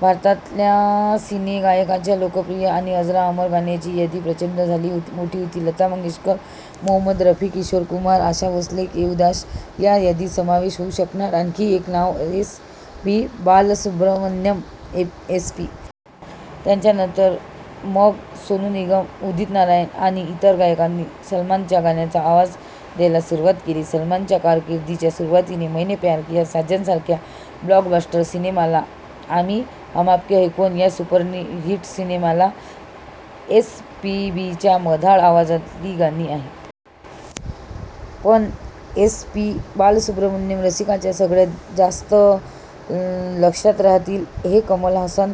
भारतातल्या सिने गायकांच्या लोकप्रिय आणि अजरामर गाण्यांची यादी प्रचंड मोठी आहे. लता मंगेशकर, मोहम्मद रफी, किशोर कुमार, आशा भोसले, येशुदास या यादीत समावेश होऊ शकणारं आणखी एक नाव S. P. Balasubrahmanyam. S. P. त्यांच्यानंतर मग सोनू निगम, उदित नारायण आणि इतर गायकांनी सलमानच्या गाण्यांना आवाज द्यायला सुरुवात केली. पण सलमानच्या कारकीर्दीच्या सुरुवातीच्या मैनें प्यार किया, साजन सारख्या ब्लॉकबस्टर सिनेमाला आणि हम आपके है कौन या सुपरहिट सिनेमामध्ये एसपीबींच्या मधाळ आवाजातली गाणी आहेत. पण एस. पी. बालसुब्रमण्यम रसिकांच्या सगळ्यांत जास्त लक्षात राहतील ते कमल हासन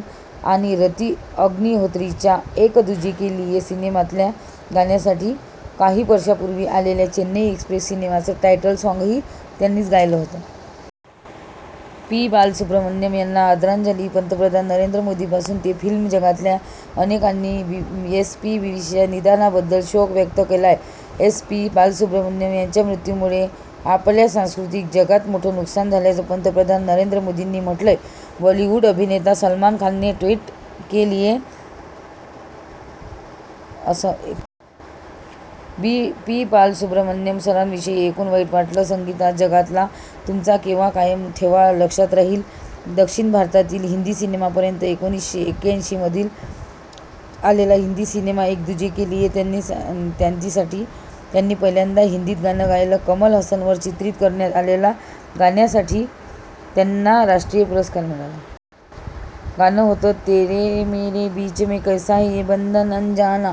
आणि रती अग्निहोत्रींच्या एक दुजे के लिए सिनेमातल्या गाण्यांसाठी. काही वर्षांपूर्वी आलेल्या चेन्नई एक्स्प्रेस सिनेमाचं टायटल साँगही त्यांनीच गायलं होतं. एस. पी. बालसुब्रमण्यम यांना आदरांजली पंतप्रधान नरेंद्र मोदींपासून ते फिल्म जगतातल्या अनेकांनी एसपीबींच्या निधनाबद्दल शोक व्यक्त केलाय. एस. पी. बालसुब्रमण्यम यांच्या मृत्यूमुळे आपल्या सांस्कृतिक जगताचं मोठं नुकसान झाल्याचं पंतप्रधान नरेंद्र मोदींनी म्हटलंय. बॉलिवुड अभिनेता सलमान खानने ट्विट केलीय, अस. पी. बालसुब्रमण्यम सरांविषयी ऐकून वाईट वाटलं. संगीतजगतातला तुमचा ठेवा कायम लक्षात राहील. दक्षिण भारतापासून हिंदी सिनेमांपर्यंत एकोणीसशे एक्क्याऐंशीमध्ये आलेला हिंदी सिनेमा एक दुजे के लिए साठी त्यांनी पहिल्यांदा हिंदीत गाणं गायलं. कमल हासनवर चित्रित करण्यात आलेल्या या गाण्यासाठी त्यांना राष्ट्रीय पुरस्कार मिळाला. गाणं होतं तेरे मेर बीच में कैसा है ये बंधन अंजाना,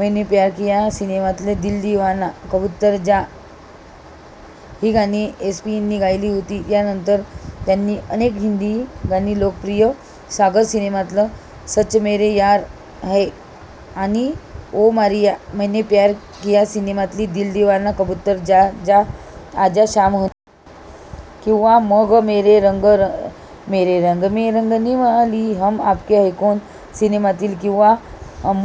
मैंने प्यार किया सिनेमातली दिल दिवाना, कबूतर जा जा ही गाणी एसपीबींनी गायली होती. यानंतर त्यांची अनेक हिंदी गाणी लोकप्रिय झाली. सागर सिनेमातलं सच मेरे यार है आणि ओ मारिया, मैंने प्यार किया सिनेमातली दिल दिवाना, कबूतर जा जा, आजा शाम होने आई. किंवा मग मेरे रंग रंग मेरे रंग मे रंगने वाली हम आपके हैं कौन सिनेमातील गाणी किंवा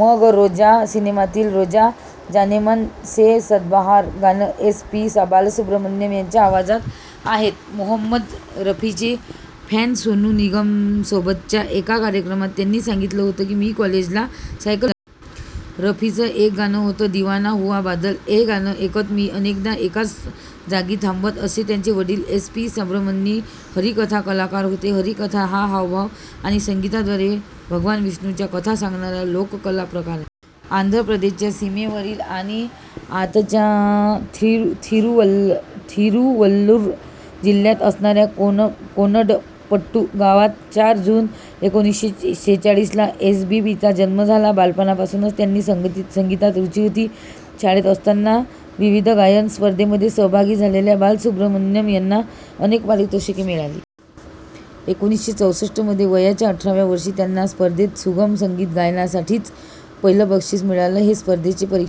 मग रोजा सिनेमातलं रोजा जानेमन हे सदाबहार गाणं एस. पी. बालसुब्रमण्यम यांच्या आवाजात आहेत. मोहम्मद रफींचे फॅन सोनू निगमसोबतच्या एका कार्यक्रमात त्यांनी सांगितलं होतं, मी कॉलेजला सायकल रफींचं एक गाणं होतं दिवाना हुवा बादल. ते गाणं ऐकत ऐकत मी अनेकदा एकाच जागी थांबत असे त्यांचे वडील एस. पी. सांबमूर्ती हरि कथा कलाकार होते. हरि कथा हा हावभाव आणि संगीताद्वारे भगवान विष्णूच्या कथा सांगणारा लोककला प्रकार. आंध्र प्रदेशच्या सीमेवरच्या आणि आताच्या थिरुवल्लूर जिल्ह्यात असणाऱ्या कोनडमपट्टू गावात चार जून एकोणीसशे शेचाळीसला एसपीबींचा जन्म झाला. बालपणापासूनच त्यांना संगीतात रुची होती. शाळेत असताना विविध गायन स्पर्धांमध्ये सहभागी झालेल्या बालसुब्रमण्यम यांना अनेक पारितोषिकं मिळाली. एकोणीसशे चौसष्टमध्ये वयाच्या अठराव्या वर्षी त्यांना एका स्पर्धेत सुगम संगीत गायनासाठीचं पहिलं बक्षीस मिळालं. या स्पर्धेचे परीक्षक